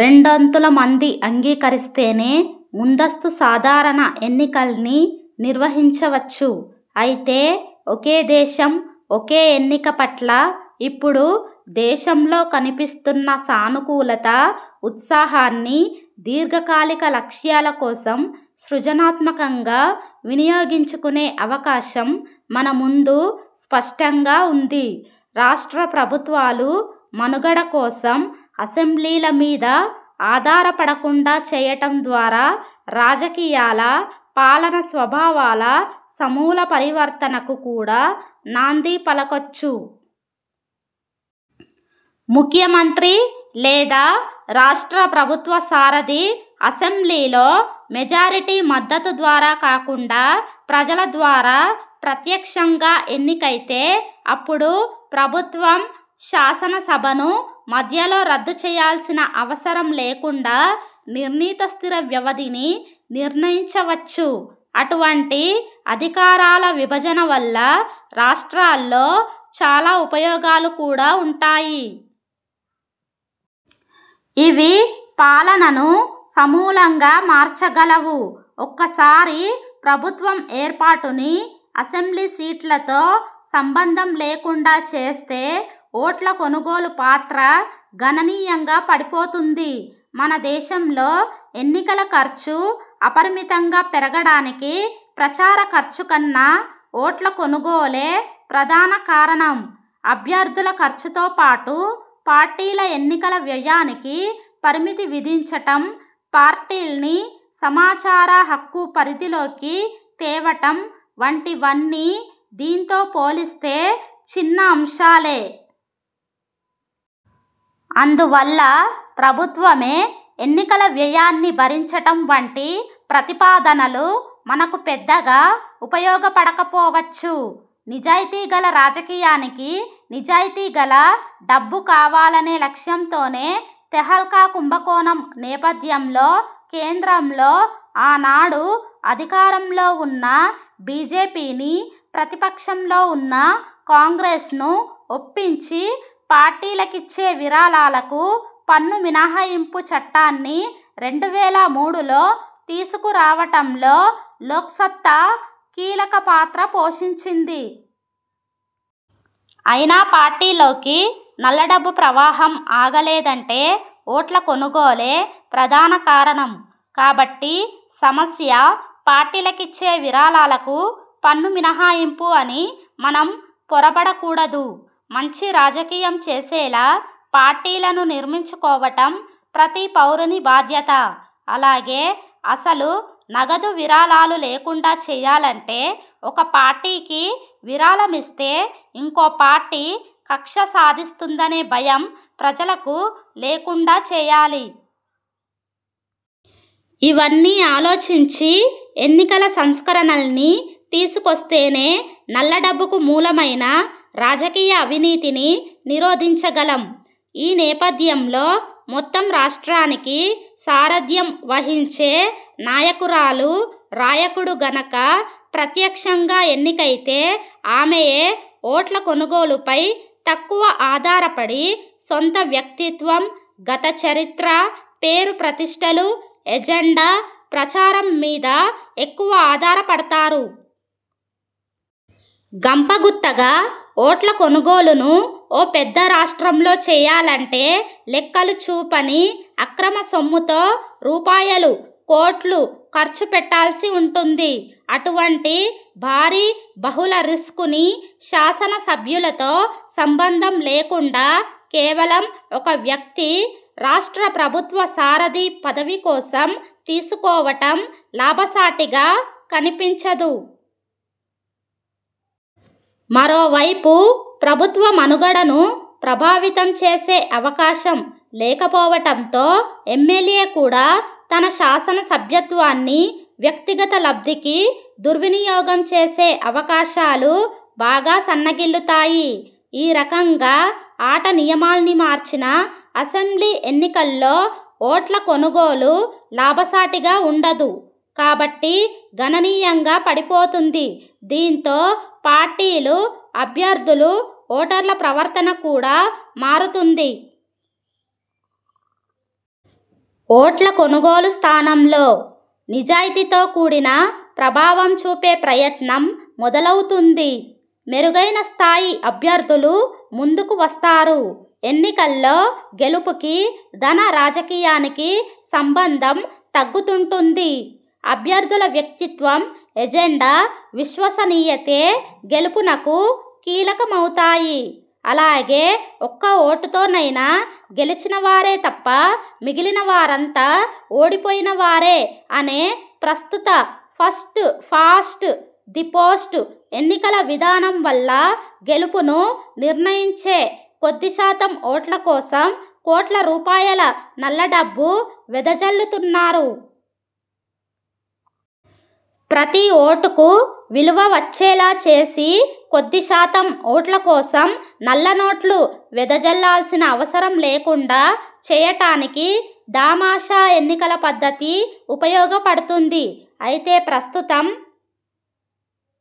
రెండొంతుల మంది అంగీకరిస్తేనే, ముందస్తు సాధారణ ఎన్నికల్ని నిర్వహించవచ్చు. అయితే, ఒకే దేశం – ఒకే ఎన్నిక పట్ల ఇప్పుడు దేశంలో కనిపిస్తున్న సానుకూలత, ఉత్సాహాన్ని దీర్ఘకాలిక లక్ష్యాలకోసం సృజనాత్మకంగా వినియోగించుకునే అవకాశం మన ముందు స్పష్టంగా ఉంది. రాష్ట్ర ప్రభుత్వాలు మనుగడ కోసం అసెంబ్లీల మీద ఆధారపడకుండా చేయటం ద్వారా రాజకీయాల, పాలన స్వభావాల సమూల పరివర్తనకు కూడా నాంది పలకొచ్చు. ముఖ్యమంత్రి లేదా రాష్ట్ర ప్రభుత్వ సారథి అసెంబ్లీలో మెజారిటీ మద్దతు ద్వారా కాకుండా ప్రజల ద్వారా ప్రత్యక్షంగా ఎన్నికైతేఅప్పుడు ప్రభుత్వం, శాసనసభను మధ్యలో రద్దు చేయాల్సిన అవసరం లేకుండా నిర్ణీత స్థిర వ్యవధిని నిర్ణయించవచ్చు. అటువంటి అధికారాల విభజన వల్ల రాష్ట్రాల్లో చాలా ఉపయోగాలు కూడా ఉంటాయి. ఇవి పాలనను సమూలంగా మార్చగలవు. ఒక్కసారి ప్రభుత్వం ఏర్పాటుని అసెంబ్లీ సీట్లతో సంబంధం లేకుండా చేస్తే, ఓట్ల కొనుగోలు పాత్ర గణనీయంగా పడిపోతుంది. మనదేశంలో ఎన్నికల ఖర్చు అపరిమితంగా పెరగడానికి ప్రచార ఖర్చుకన్నా ఓట్ల కొనుగోలే ప్రధాన కారణం. అభ్యర్థుల ఖర్చుతో పాటు పార్టీల ఎన్నికల వ్యయానికి పరిమితి విధించటం, పార్టీల్ని సమాచార హక్కు పరిధిలోకి తేవటం వంటివన్నీ దీంతో పోలిస్తే చిన్న అంశాలే. అందువల్ల ప్రభుత్వమే ఎన్నికల వ్యయాన్ని భరించటం వంటి ప్రతిపాదనలు మనకు పెద్దగా ఉపయోగపడకపోవచ్చు. నిజాయితీగల రాజకీయానికి నిజాయితీగల డబ్బు కావాలనే లక్ష్యంతోనే, తెహల్కా కుంభకోణం నేపథ్యంలో కేంద్రంలో ఆనాడు అధికారంలో ఉన్న బీజేపీని, ప్రతిపక్షంలో ఉన్న కాంగ్రెస్ ను ఒప్పించి పార్టీలకిచ్చే విరాళాలకు పన్ను మినహాయింపు చట్టాన్ని రెండు వేల మూడులో తీసుకురావటంలో లోక్సత్తా కీలక పాత్ర పోషించింది. అయినా పార్టీల్లోకి నల్లడబ్బు ప్రవాహం ఆగలేదంటే ఓట్ల కొనుగోలే ప్రధాన కారణం. కాబట్టి సమస్య, పార్టీలకిచ్చే విరాళాలకు పన్ను మినహాయింపు అని మనం పొరబడకూడదు. మంచి రాజకీయం చేసేలా పార్టీలను నిర్మించుకోవటం ప్రతి పౌరుని బాధ్యత. అలాగే అసలు నగదు విరాళాలు లేకుండా చేయాలంటే.. ఒక పార్టీకి విరాళమిస్తే ఇంకో పార్టీ కక్ష సాధిస్తుందనే భయం ప్రజలకు లేకుండా చేయాలి. ఇవన్నీ ఆలోచించి ఎన్నికల సంస్కరణల్ని తీసుకొస్తేనే నల్లడబ్బుకు మూలమైన రాజకీయ అవినీతిని నిరోధించగలం. ఈ నేపథ్యంలో.. మొత్తం రాష్ట్రానికి సారథ్యం వహించే నాయకురాలు ాయకుడు గనక ప్రత్యక్షంగా ఎన్నికైతే, ఆమె ు ఓట్ల కొనుగోలుపై తక్కువ ఆధారపడి సొంత వ్యక్తిత్వం, గత చరిత్ర, పేరుప్రతిష్టలు, ఎజెండా, ప్రచారం మీద ఎక్కువ ఆధారపడతారు. గంపగుత్తగా ఓట్ల కొనుగోలును ఓ పెద్ద రాష్ట్రంలో చేయాలంటే లెక్కలు చూపని, అక్రమ సొమ్ముతో రూపాయలు కోట్లు ఖర్చు పెట్టాల్సి ఉంటుంది. అటువంటి భారీ, బహుళ రిస్కుని శాసన సభ్యులతో సంబంధం లేకుండా కేవలం ఒక వ్యక్తి రాష్ట్ర ప్రభుత్వ సారథి పదవి కోసం తీసుకోవటం లాభసాటిగా కనిపించదు. మరోవైపు, ప్రభుత్వ మనుగడను ప్రభావితం చేసే అవకాశం లేకపోవటంతో ఎమ్మెల్యే కూడా తన శాసనసభ్యత్వాన్ని వ్యక్తిగత లబ్ధికి దుర్వినియోగం చేసే అవకాశాలు బాగా సన్నగిల్లుతాయి. ఈ రకంగా ఆటనియమాల్ని మార్చిన అసెంబ్లీ ఎన్నికల్లో ఓట్ల కొనుగోలు లాభసాటిగా ఉండదు కాబట్టి గణనీయంగా పడిపోతుంది. దీంతో పార్టీలు, అభ్యర్థులు, ఓటర్ల ప్రవర్తన కూడా మారుతుంది. ఓట్ల కొనుగోలు స్థానంలో. నిజాయతీతో కూడిన ప్రభావం చూపే ప్రయత్నం మొదలవుతుంది. మెరుగైన స్థాయి అభ్యర్థులు ముందుకు వస్తారు. ఎన్నికల్లో గెలుపుకి, ధన రాజకీయానికి సంబంధం తగ్గుతుంటుంది. అభ్యర్థుల వ్యక్తిత్వం, ఎజెండా, విశ్వసనీయతే గెలుపునకు కీలకమవుతాయి. అలాగే ఒక్క ఓటుతోనైనా గెలిచినవారే తప్ప మిగిలినవారంతా ఓడిపోయినవారే అనే ప్రస్తుత ఫస్ట్ పాస్ట్ ది పోస్ట్ ఎన్నికల విధానం వల్ల గెలుపును నిర్ణయించే కొద్దిశాతం ఓట్ల కోసం కోట్ల రూపాయల నల్లడబ్బు వెదజల్లుతున్నారు. ప్రతి ఓటుకూ విలువ వచ్చేలా చేసి, కొద్ది శాతం ఓట్ల కోసం నల్ల నోట్లు వెదజల్లాల్సిన అవసరం లేకుండా చేయటానికి దామాషా ఎన్నికల పద్ధతి ఉపయోగపడుతుంది. అయితే ప్రస్తుతం